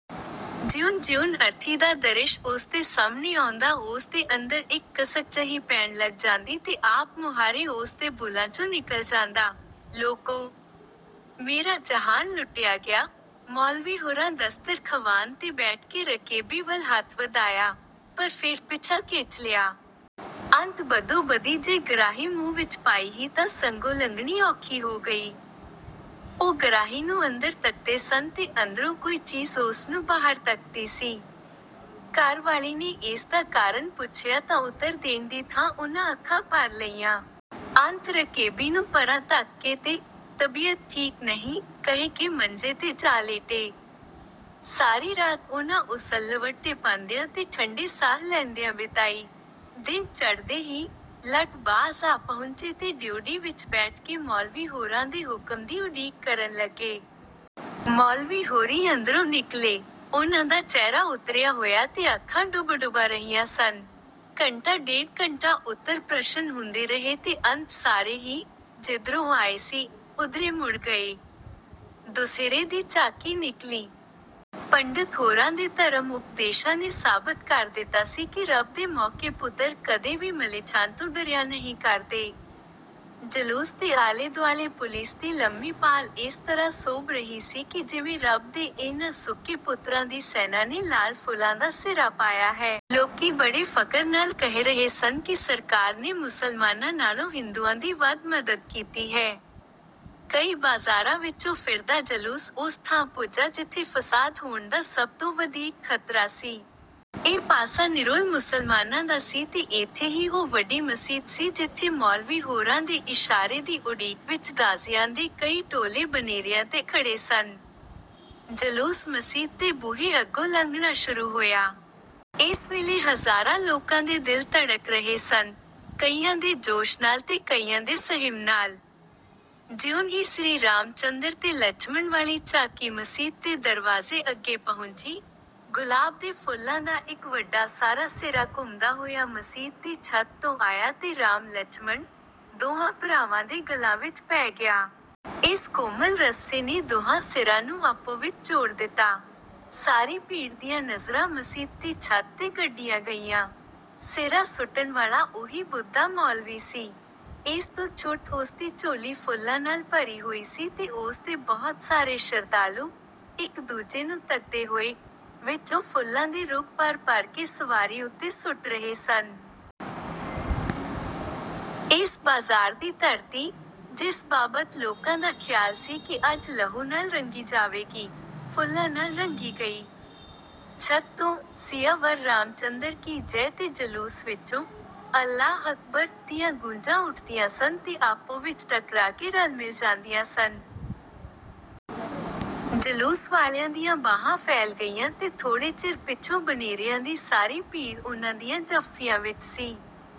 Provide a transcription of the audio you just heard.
ਜਿਉਂ ਜਿਉਂ ਅਰਥੀ ਦਾ ਦ੍ਰਿਸ਼ ਉਸ ਦੇ ਸਾਹਮਣੇ ਆਉਂਦਾ ਉਸ ਦੇ ਅੰਦਰ ਇਕ ਕਸਕ ਜਹੀ ਪੈਣ ਲਗ ਜਾਂਦੀ ਤੇ ਆਪ ਮੁਹਾਰੇ ਉਸ ਦੇ ਬੁਲ੍ਹਾਂ ਚੋਂ ਨਿਕਲ ਜਾਂਦਾ, "ਲੋਕੋ! ਮੇਰਾ ਜਹਾਨ ਲੁੱਟਿਆ ਗਿਆ! " ਮੌਲਵੀ ਹੁਰਾਂ ਦਸਤਰ ਖਵਾਨ ਤੇ ਬੈਠ ਕੇ ਰਕੇਬੀ ਵਲ ਹੱਥ ਵਧਾਇਆ, ਪਰ ਫੇਰ ਪਿਛਾਂਹ ਖਿਚ ਲਿਆ। ਅੰਤ ਬਦੋ ਬਦੀ ਜੇ ਗਰਾਹੀ ਮੂੰਹ ਵਿਚ ਪਾਈ ਹੀ ਤਾਂ ਸੰਘੋ ਲੰਘਣੀ ਔਖੀ ਹੋ ਗਈ। ਉਹ ਗਰਾਹੀ ਨੂੰ ਅੰਦਰ ਧਕਦੇ ਸਨ ਤੇ ਅੰਦਰੋਂ ਕੋਈ ਚੀਜ਼ ਉਸ ਨੂੰ ਬਾਹਰ ਧੱਕਦੀ ਸੀ। ਘਰ ਵਾਲੀ ਨੇ ਇਸ ਦਾ ਕਾਰਨ ਪੁੱਛਿਆ ਤਾਂ ਉਤਰ ਦੇਣ ਦੀ ਥਾਂ ਉਨ੍ਹਾਂ ਅੱਖਾਂ ਭਰ ਲਈਆਂ। ਅੰਤ ਰਕੇਬੀ ਨੂੰ ਪਰ੍ਹਾਂ ਧੱਕ ਕੇ ਤੇ 'ਤਬੀਅਤ ਠੀਕ ਨਹੀਂ' ਕਹਿ ਕੇ ਮੰਜੇ ਤੇ ਜਾ ਲੇਟੇ। ਸਾਰੀ ਰਾਤ ਉਨ੍ਹਾਂ ਉਸੱਲਵੱਟੇ ਭੰਨਦਿਆਂ ਤੇ ਠੰਢੇ ਸਾਹ ਲੈਂਦਿਆਂ ਬਿਤਾਈ। ਦਿਨ ਚੜ੍ਹਦੇ ਹੀ - ਲਠ ਬਾਜ਼ ਆ ਪਹੁੰਚੇ ਤੇ ਡਿਓਢੀ ਵਿਚ ਬੈਠ ਕੇ ਮੌਲਵੀ ਹੋਰਾਂ ਦੇ ਹੁਕਮ ਦੀ ਉਡੀਕ ਕਰਨ ਲੱਗੇ। ਮੌਲਵੀ ਹੋਰੀਂ ਅੰਦਰੋਂ ਨਿਕਲੇ। ਉਹਨਾਂ ਦਾ ਚਿਹਰਾ ਉਤਰਿਆ ਹੋਇਆ ਤੇ ਅੱਖਾਂ ਡੁਬਡੁਬਾ ਰਹੀਆਂ ਸਨ। ਘੰਟਾ ਡੇਢ ਘੰਟਾ ਉੱਤਰ ਪ੍ਰਸ਼ਨ ਹੁੰਦੇ ਰਹੇ ਤੇ ਅੰਤ ਸਾਰੇ ਹੀ, ਜਿਧਰੋਂ ਆਏ ਸੀ, ਉਧਰੇ ਮੁੜ ਗਏ। ਦੁਸਹਿਰੇ ਦੀ ਝਾਕੀ ਨਿਕਲੀ। ਪੰਡਤ ਹੋਰਾਂ ਦੇ ਧਰਮ ਉਪਦੇਸ਼ਾਂ ਨੇ ਸਾਬਤ ਕਰ ਦਿਤਾ ਸੀ ਕਿ ਰਬ ਦੇ ਸੱਕੇ ਪੁਤਰ ਕਦੇ ਵੀ ਮਲੇਛਾਂ ਤੋਂ ਡਰਿਆ ਨਹੀਂ ਕਰਦੇ। ਜਲੂਸ ਦੇ ਆਲੇ ਦੁਆਲੇ ਪੁਲੀਸ ਦੀ ਲੰਮੀ ਪਾਲ ਇਸ ਤਰ੍ਹਾਂ ਸੋਭ ਰਹੀ ਸੀ ਕਿ ਜਿਵੇਂ ਰੱਬ ਦੇ ਇਹਨਾਂ ਸੱਕੇ ਪੁੱਤਰਾਂ ਦੀ ਸੈਨਾ ਨੇ ਲਾਲ ਫੁਲਾਂ ਦਾ ਸਿਹਰਾ ਪਾਇਆ ਹੈ। ਲੋਕੀਂ ਬੜੇ ਫਕਰ ਨਾਲ ਕਹਿ ਰਹੇ ਸਨ ਕਿ ਸਰਕਾਰ ਨੇ ਮੁਸਲਮਾਨਾਂ ਨਾਲੋਂ ਹਿੰਦੂਆਂ ਦੀ ਵੱਧ ਮਦਦ ਕੀਤੀ ਹੈ। ਕਈ ਬਾਜ਼ਾਰਾਂ ਵਿਚੋਂ ਫਿਰਦਾ ਜਲੂਸ ਉਸ ਥਾਂ ਪੁੱਜਾ ਜਿਥੇ ਫ਼ਸਾਦ ਹੋਣ ਦਾ ਸਭ ਤੋਂ ਵਧੀਕ ਖ਼ਤਰਾ ਸੀ। ਇਹ ਪਾਸਾ ਨਿਰੋਲ ਮੁਸਲਮਾਨਾਂ ਦਾ ਸੀ ਤੇ ਇਥੇ ਹੀ ਉਹ ਵਡੀ ਮਸੀਤ ਸੀ ਜਿਥੇ ਮੌਲਵੀ ਹੋਰਾਂ ਦੇ ਇਸ਼ਾਰੇ ਦੀ ਉਡੀਕ ਵਿਚ ਗ਼ਾਜ਼ੀਆਂ ਦੇ ਕਈ ਟੋਲੇ ਬਨੇਰਿਆਂ ਤੇ ਖੜੇ ਸਨ। ਜਲੂਸ ਮਸੀਤ ਦੇ ਬੂਹੇ ਅੱਗੋਂ ਲੰਘਣਾ ਸ਼ੁਰੂ ਹੋਇਆ। ਇਸ ਵੇਲੇ ਹਜ਼ਾਰਾਂ ਲੋਕਾਂ ਦੇ ਦਿਲ ਧੜਕ ਰਹੇ ਸਨ-ਕਈਆਂ ਦੇ ਜੋਸ਼ ਨਾਲ ਤੇ ਕਈਆਂ ਦੇ ਸਹਿਮ ਨਾਲ। ਜਿਉਂ ਹੀ ਸ੍ਰੀ ਰਾਮ ਚੰਦਰ ਤੇ ਲਛਮਣ ਵਾਲੀ ਝਾਕੀ ਮਸੀਤ ਦੇ ਦਰਵਾਜ਼ੇ ਅੱਗੇ ਪਹੁੰਚੀ, ਗੁਲਾਬ ਦੇ ਫੁੱਲਾਂ ਦਾ ਇਕ ਵੱਡਾ ਸਾਰਾ ਸਿਹਰਾ ਘੁੰਮਦਾ ਹੋਇਆ ਮਸੀਤ ਦੀ ਛੱਤ ਤੋਂ ਆਇਆ ਤੇ ਰਾਮ ਲਛਮਣ, ਦੋਹਾਂ ਭਰਾਵਾਂ ਦੇ ਗਲਾਂ ਵਿਚ ਪੈ ਗਿਆ। ਇਸ ਕੋਮਲ ਰੱਸੇ ਨੇ ਦੁਹਾਂ ਸਿਰਾਂ ਨੂੰ ਆਪੋ ਵਿਚ ਜੋੜ ਦਿਤਾ। ਸਾਰੀ ਭੀੜ ਦੀਆਂ ਨਜ਼ਰਾਂ ਮਸੀਤ ਦੀ ਛੱਤ ਤੇ ਗੱਡੀਆਂ ਗਈਆਂ। ਸਿਹਰਾ ਸੁੱਟਣ ਵਾਲਾ ਉਹੀ ਬੁੱਢਾ ਮੌਲਵੀ ਸੀ। ਇਸ ਤੋਂ ਛੁੱਟ ਉਸਦੀ ਝੋਲੀ ਫੁੱਲਾਂ ਨਾਲ ਭਰੀ ਹੋਈ ਸੀ ਤੇ ਉਸ ਦੇ ਬਹੁਤ ਸਾਰੇ ਸ਼ਰਧਾਲੂ, ਇਕ ਦੂਜੇ ਨੂੰ ਧਕਦੇ ਹੋਏ, ਵਿਚੋਂ ਫੁੱਲਾਂ ਦੇ ਰੁਗ ਭਰ ਭਰ ਕੇ ਸਵਾਰੀ ਉਤੇ ਸੁਟ ਰਹੇ ਸਨ। ਇਸ ਬਾਜ਼ਾਰ ਦੀ ਧਰਤੀ, ਜਿਸ ਬਾਬਤ ਲੋਕਾਂ ਦਾ ਖਿਆਲ ਸੀ ਕਿ ਅੱਜ ਲਹੂ ਨਾਲ ਰੰਗੀ ਜਾਵੇਗੀ, ਫੁੱਲਾਂ ਨਾਲ ਰੰਗੀ ਗਈ। ਛਤ ਤੋਂ 'ਸੀਆ ਵਰ ਰਾਮ ਚੰਦਰ ਕੀ ਜੈ ਤੇ ਜਲੂਸ ਵਿਚੋਂ 'ਅੱਲਾਹ ਅਕਬਰ' ਦੀਆਂ ਗੂੰਜਾਂ ਉਠਦੀਆਂ ਸਨ ਤੇ ਆਪੋ ਵਿਚ ਟਕਰਾ ਕੇ ਰਲ ਮਿਲ ਜਾਂਦੀਆਂ ਸਨ। ਜਲੂਸ ਵਾਲਿਆਂ ਦੀਆਂ ਬਾਹਾਂ ਫੈਲ ਗਈਆਂ ਤੇ ਥੋੜੇ ਚਿਰ ਪਿਛੋਂ ਬਨੇਰਿਆਂ ਦੀ ਸਾਰੀ ਭੀੜ ਉਹਨਾਂ ਦੀਆਂ ਜੱਫੀਆਂ ਵਿਚ ਸੀ।